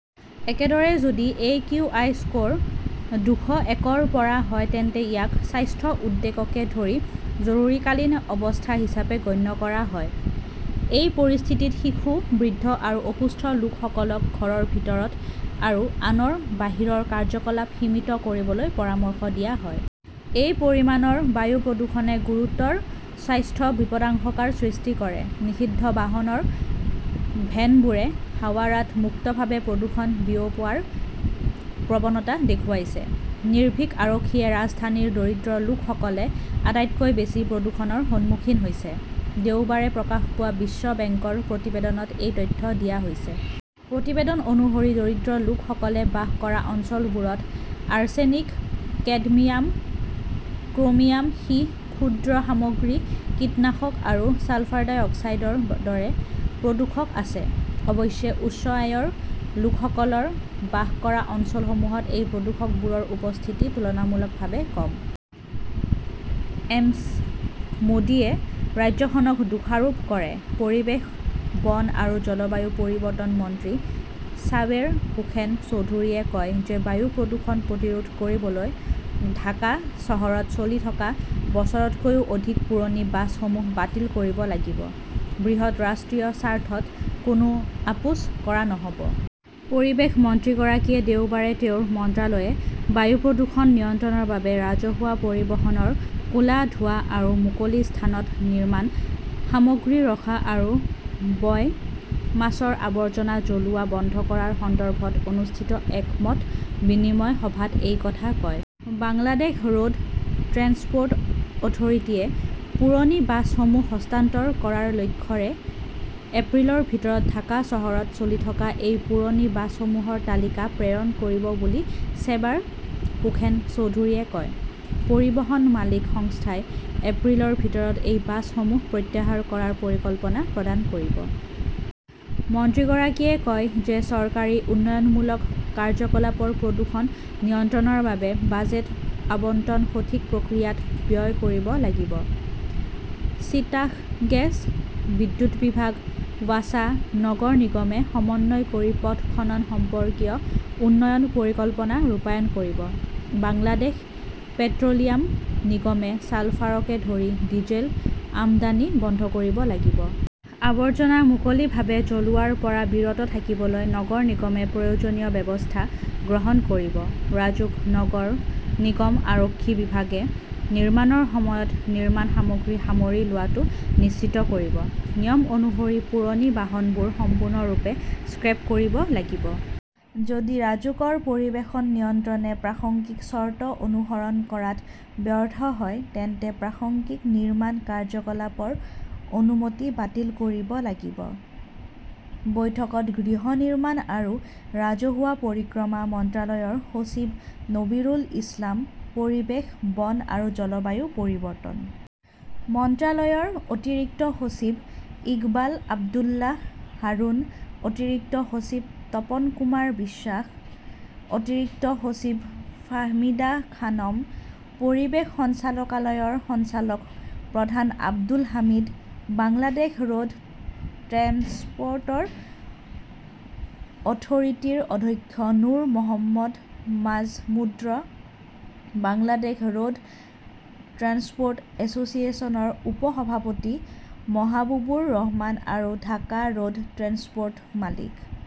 একেদৰে, যদি AQI score দুশ এক’ৰ পৰা হয় তেন্তে ইয়াক স্বাস্থ্য উদ্বেগকে ধৰি জৰুৰীকালীন অৱস্থা হিচাপে গণ্য কৰা হয়। এই পৰিস্থিতিত শিশু, বৃদ্ধ আৰু অসুস্থ লোকসকলক ঘৰৰ ভিতৰত আৰু আনৰ বাহিৰৰ কাৰ্যকলাপ সীমিত কৰিবলৈ পৰামৰ্শ দিয়া হয়। এই পৰিমাণৰ বায়ু প্ৰদূষণে গুৰুতৰ স্বাস্থ্য বিপদাশংকাৰ সৃষ্টি কৰে। নিষিদ্ধ বাহনৰ ভেনবোৰে হাৱাৰাত মুক্তভাৱে প্ৰদূষণ বিয়পোৱাৰ প্ৰৱণতা দেখুৱাইছে, নিৰ্ভীক আৰক্ষীয়ে ৰাজধানীৰ দৰিদ্ৰ লোকসকলে আটাইতকৈ বেছি প্ৰদূষণৰ সন্মুখীন হৈছে। দেওবাৰে প্ৰকাশ পোৱা বিশ্ব বেংকৰ প্ৰতিবেদনত এই তথ্য দিয়া হৈছে। প্ৰতিবেদন অনুসৰি, দৰিদ্ৰ লোকসকলে বাস কৰা অঞ্চলবোৰত আৰ্ছেনিক, কেডমিয়াম, ক্ৰমিয়াম, সীহ, ক্ষুদ্ৰ সামগ্ৰী, কীটনাশক আৰু ছালফাৰ ডাই অক্সাইডৰ দৰে প্ৰদূষক আছে। অৱশ্যে, উচ্চ আয়ৰ লোকসকল বাস কৰা অঞ্চলসমূহত এই প্ৰদূষকবোৰৰ উপস্থিতি তুলনামূলকভাৱে কম। এমছঃ মোদীয়ে ৰাজ্যখনক দোষাৰোপ কৰে পৰিৱেশ, বন আৰু জলবায়ু পৰিৱৰ্তন মন্ত্ৰী ছাবেৰ হোসেন চৌধুৰীয়ে কয় যে বায়ু প্ৰদূষণ প্ৰতিৰোধ কৰিবলৈ ঢাকা চহৰত চলি থকা বছৰতকৈও অধিক পুৰণি বাছসমূহ বাতিল কৰিব লাগিব। বৃহৎ ৰাষ্ট্ৰীয় স্বাৰ্থত কোনো আপোচ কৰা নহ "ব। পৰিৱেশ মন্ত্ৰীগৰাকীয়ে দেওবাৰে তেওঁৰ মন্ত্ৰালয়ে বায়ু প্ৰদূষণ নিয়ন্ত্ৰণৰ বাবে ৰাজহুৱা পৰিবহণৰ ক 'লা ধোঁৱা আৰু মুকলি স্থানত নিৰ্মাণ সামগ্ৰী ৰখা আৰু বায়' মাছৰ আৱৰ্জনা জ্বলোৱা বন্ধ কৰাৰ সন্দৰ্ভত অনুষ্ঠিত এক মত বিনিময় সভাত এই কথা কয়। বাংলাদেশ ৰোড ট্ৰেন্সপ’ৰ্ট অথৰিটিয়ে পুৰণি বাছসমূহ হস্তান্তৰ কৰাৰ লক্ষ্যৰে এপ্ৰিলৰ ভিতৰত ঢাকা চহৰত চলি থকা এই পুৰণি বাছসমূহৰ তালিকা প্ৰেৰণ কৰিব বুলি চেবাৰ হোসেন চৌধুৰীয়ে কয়। পৰিবহণ মালিক সংস্থাই এপ্ৰিলৰ ভিতৰত এই বাছসমূহ প্ৰত্যাহাৰ কৰাৰ পৰিকল্পনা প্ৰদান কৰিব। মন্ত্ৰীগৰাকীয়ে কয় যে চৰকাৰী উন্নয়নমূলক কাৰ্যকলাপৰ প্ৰদূষণ নিয়ন্ত্ৰণৰ বাবে বাজেট আবণ্টন সঠিক প্ৰক্ৰিয়াত ব্যয় কৰিব লাগিব। চিটাস গেছ, বিদ্যুৎ বিভাগ, ৱাছা, নগৰ নিগমে সমন্বয় কৰি পথ খনন সম্পৰ্কীয় উন্নয়ন পৰিকল্পনা ৰূপায়ণ কৰিব। বাংলাদেশ পেট্ৰ "লিয়াম নিগমে ছালফাৰকে ধৰি ডিজেল আমদানি বন্ধ কৰিব লাগিব। আৱৰ্জনা মুকলিভাৱে জ্বলোৱাৰ পৰা বিৰত থাকিবলৈ নগৰ নিগমে প্ৰয়োজনীয় ব্যৱস্থা গ্ৰহণ কৰিব। ৰাজুক, নগৰ নিগম, আৰক্ষী বিভাগে নিৰ্মাণৰ সময়ত নিৰ্মাণ সামগ্ৰী সামৰি লোৱাটো নিশ্চিত কৰিব। নিয়ম অনুসৰি পুৰণি বাহনবোৰ সম্পূৰ্ণৰূপে স্ক্ৰেপ কৰিব লাগিব। যদি ৰাজুকৰ পৰিৱেশন নিয়ন্ত্ৰণে প্ৰাসংগিক চৰ্ত অনুসৰণ কৰাত ব্যৰ্থ হয় তেন্তে প্ৰাসংগিক নিৰ্মাণ কাৰ্যকলাপৰ অনুমতি বাতিল কৰিব লাগিব। বৈঠকত গৃহ নিৰ্মাণ আৰু ৰাজহুৱা পৰিক্ৰমা মন্ত্ৰালয়ৰ সচিব নবীৰুল ইছলাম, পৰিৱেশ, বন আৰু জলবায়ু পৰিৱৰ্তন মন্ত্ৰালয়ৰ অতিৰিক্ত সচিব ইকবাল আব্দুল্লাহ হাৰুন, অতিৰিক্ত সচিব তপন কুমাৰ বিশ্বাস, অতিৰিক্ত সচিব ফাহমিদা খানম, পৰিৱেশ সঞ্চালকালয়ৰ সঞ্চালক প্ৰধান Abdul Hamid, Bangladesh road transport অথৰিটিৰ অধ্যক্ষ Nur Mohammad Majumder, Bangladesh road transport এছ চিয়েশ্যনৰ উপ-সভাপতি মহাবুবুৰ ৰহমান আৰু ঢাকা ৰোড ট্ৰেন্সপ ৰ্ট মালিক।